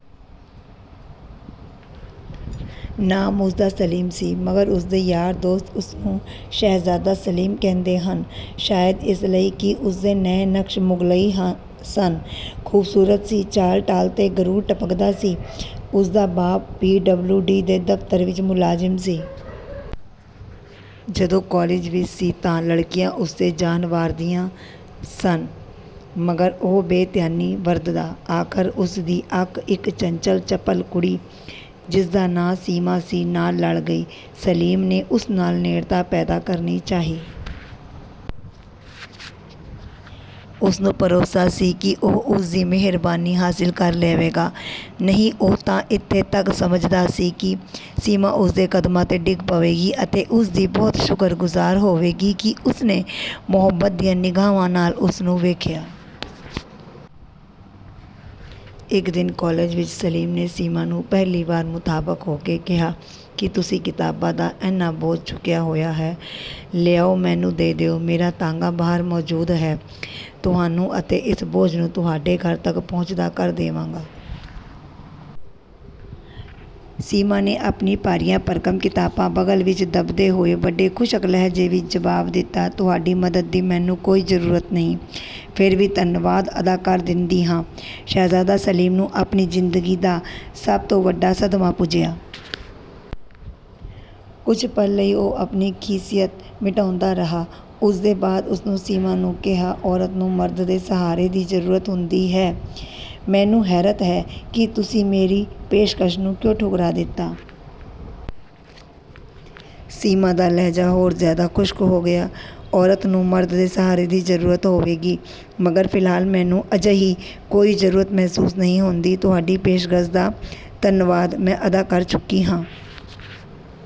ਨਾਮ ਉਸਦਾ ਸਲੀਮ ਸੀ ਮਗਰ ਉਸਦੇ ਯਾਰ-ਦੋਸਤ ਉਸਨੂੰ ਸ਼ਹਿਜ਼ਾਦਾ ਸਲੀਮ ਕਹਿੰਦੇ ਸਨ। ਸ਼ਾਇਦ ਇਸ ਲਈ ਕਿ ਉਸਦੇ ਨੈਣ-ਨਕਸ਼ ਮੁਗ਼ਲਈ ਸਨ, ਖ਼ੂਬਸੂਰਤ ਸੀ। ਚਾਲ-ਢਾਲ ਤੋਂ ਗ਼ਰੂਰ ਟਪਕਦਾ ਸੀ। ਉਸਦਾ ਬਾਪ ਪੀ.ਡਬਲਿਊ.ਡੀ ਦੇ ਦਫ਼ਤਰ ਵਿੱਚ ਮੁਲਾਜ਼ਿਮ ਸੀ। ਜਦੋਂ ਕਾਲਜ ਵਿੱਚ ਸੀ ਤਾਂ ਕਈ ਲੜਕੀਆਂ ਉਸ 'ਤੇ ਜਾਨ ਵਾਰਦੀਆਂ ਸਨ ਮਗਰ ਉਹ ਬੇਧਿਆਨੀ ਬਰਤਦਾ। ਆਖ਼ਰ ਉਸ ਦੀ ਅੱਖ ਇੱਕ ਚਪਲ-ਚੰਚਲ ਕੁੜੀ, ਜਿਸਦਾ ਨਾਮ ਸੀਮਾ ਸੀ, ਨਾਲ਼ ਲੜ ਗਈ। ਸਲੀਮ ਨੇ ਉਸ ਨਾਲ਼ ਨੇੜਤਾ ਪੈਦਾ ਕਰਨੀ ਚਾਹੀ। ਉਸਨੂੰ ਭਰੋਸਾ ਸੀ ਕਿ ਉਹ ਉਸਦੀ ਮਿਹਰਬਾਨੀ ਹਾਸਲ ਕਰ ਲਵੇਗਾ। ਨਹੀਂ, ਉਹ ਤਾਂ ਇੱਥੇ ਤੱਕ ਸਮਝਦਾ ਸੀ ਕਿ ਸੀਮਾ ਉਸਦੇ ਕਦਮਾਂ 'ਤੇ ਡਿੱਗ ਪਵੇਗੀ ਅਤੇ ਉਸਦੀ ਬਹੁਤ ਸ਼ੁਕਰਗੁਜ਼ਾਰ ਹੋਵੇਗੀ ਕਿ ਉਸ ਨੇ ਮੁਹੱਬਤ ਦੀਆਂ ਨਿਗਾਵਾਂ ਨਾਲ਼ ਉਸਨੂੰ ਵੇਖਿਆ। ਇੱਕ ਦਿਨ ਕਾਲਜ ਵਿੱਚ ਸਲੀਮ ਨੇ ਸੀਮਾ ਨੂੰ ਪਹਿਲੀ ਵਾਰ ਮੁਖ਼ਾਤਬ ਹੋ ਕੇ ਕਿਹਾ, "ਤੁਸੀਂ ਕਿਤਾਬਾਂ ਦਾ ਇੰਨਾ ਬੋਝ ਚੁੱਕਿਆ ਹੋਇਆ ਹੈ, ਲਿਆਓ ਮੈਨੂੰ ਦੇ ਦਿਓ। ਮੇਰਾ ਤਾਂਗਾ ਬਾਹਰ ਮੌਜੂਦ ਹੈ, ਤੁਹਾਨੂੰ ਅਤੇ ਇਸ ਬੋਝ ਨੂੰ ਤੁਹਾਡੇ ਘਰ ਤੱਕ ਪੁੱਜਦਾ ਕਰ ਦੇਵਾਂਗਾ।" ਸੀਮਾ ਨੇ ਆਪਣੀਆਂ ਭਾਰੀਆਂ-ਭਰਕਮ ਕਿਤਾਬਾਂ ਬਗ਼ਲ ਵਿੱਚ ਦੱਬਦੇ ਹੋਏ ਵੱਡੇ ਖੁਸ਼ਕ ਲਹਿਜੇ ਵਿੱਚ ਜਵਾਬ ਦਿੱਤਾ, "ਤੁਹਾਡੀ ਮਦਦ ਦੀ ਮੈਨੂੰ ਕੋਈ ਜ਼ਰੂਰਤ ਨਹੀਂ, ਫਿਰ ਵੀ ਧੰਨਵਾਦ ਅਦਾ ਕਰ ਦਿੰਦੀ ਹਾਂ।" ਸ਼ਹਿਜ਼ਾਦਾ ਸਲੀਮ ਨੂੰ ਆਪਣੀ ਜ਼ਿੰਦਗੀ ਦਾ ਸਭ ਤੋਂ ਵੱਡਾ ਸਦਮਾ ਪੁੱਜਿਆ। ਕੁਝ ਪਲਾਂ ਲਈ ਉਹ ਆਪਣੀ ਖ਼ਿੱਫ਼ਤ ਮਿਟਾਉਂਦਾ ਰਿਹਾ। ਇਸਦੇ ਬਾਅਦ ਉਸਨੇ ਸੀਮਾ ਨੂੰ ਕਿਹਾ, "ਔਰਤ ਨੂੰ ਮਰਦ ਦੇ ਸਹਾਰੇ ਦੀ ਜ਼ਰੂਰਤ ਹੁੰਦੀ ਹੈ, ਮੈਨੂੰ ਹੈਰਤ ਹੈ ਕਿ ਤੁਸੀਂ ਮੇਰੀ ਪੇਸ਼ਕਸ਼ ਨੂੰ ਕਿਉਂ ਠੁਕਰਾ ਦਿੱਤਾ?" ਸੀਮਾ ਦਾ ਲਹਿਜਾ ਹੋਰ ਜ਼ਿਆਦਾ ਖੁਸ਼ਕ ਹੋ ਗਿਆ "ਔਰਤ ਨੂੰ ਮਰਦ ਦੇ ਸਹਾਰੇ ਦੀ ਜ਼ਰੂਰਤ ਹੋਵੇਗੀ ਮਗਰ ਫ਼ਿਲਹਾਲ ਮੈਨੂੰ ਅਜਿਹੀ ਕੋਈ ਜ਼ਰੂਰਤ ਮਹਿਸੂਸ ਨਹੀਂ ਹੁੰਦੀ। ਤੁਹਾਡੀ ਪੇਸ਼ਕਸ਼ ਦਾ ਧੰਨਵਾਦ ਮੈਂ ਅਦਾ ਕਰ ਚੁੱਕੀ ਹਾਂ।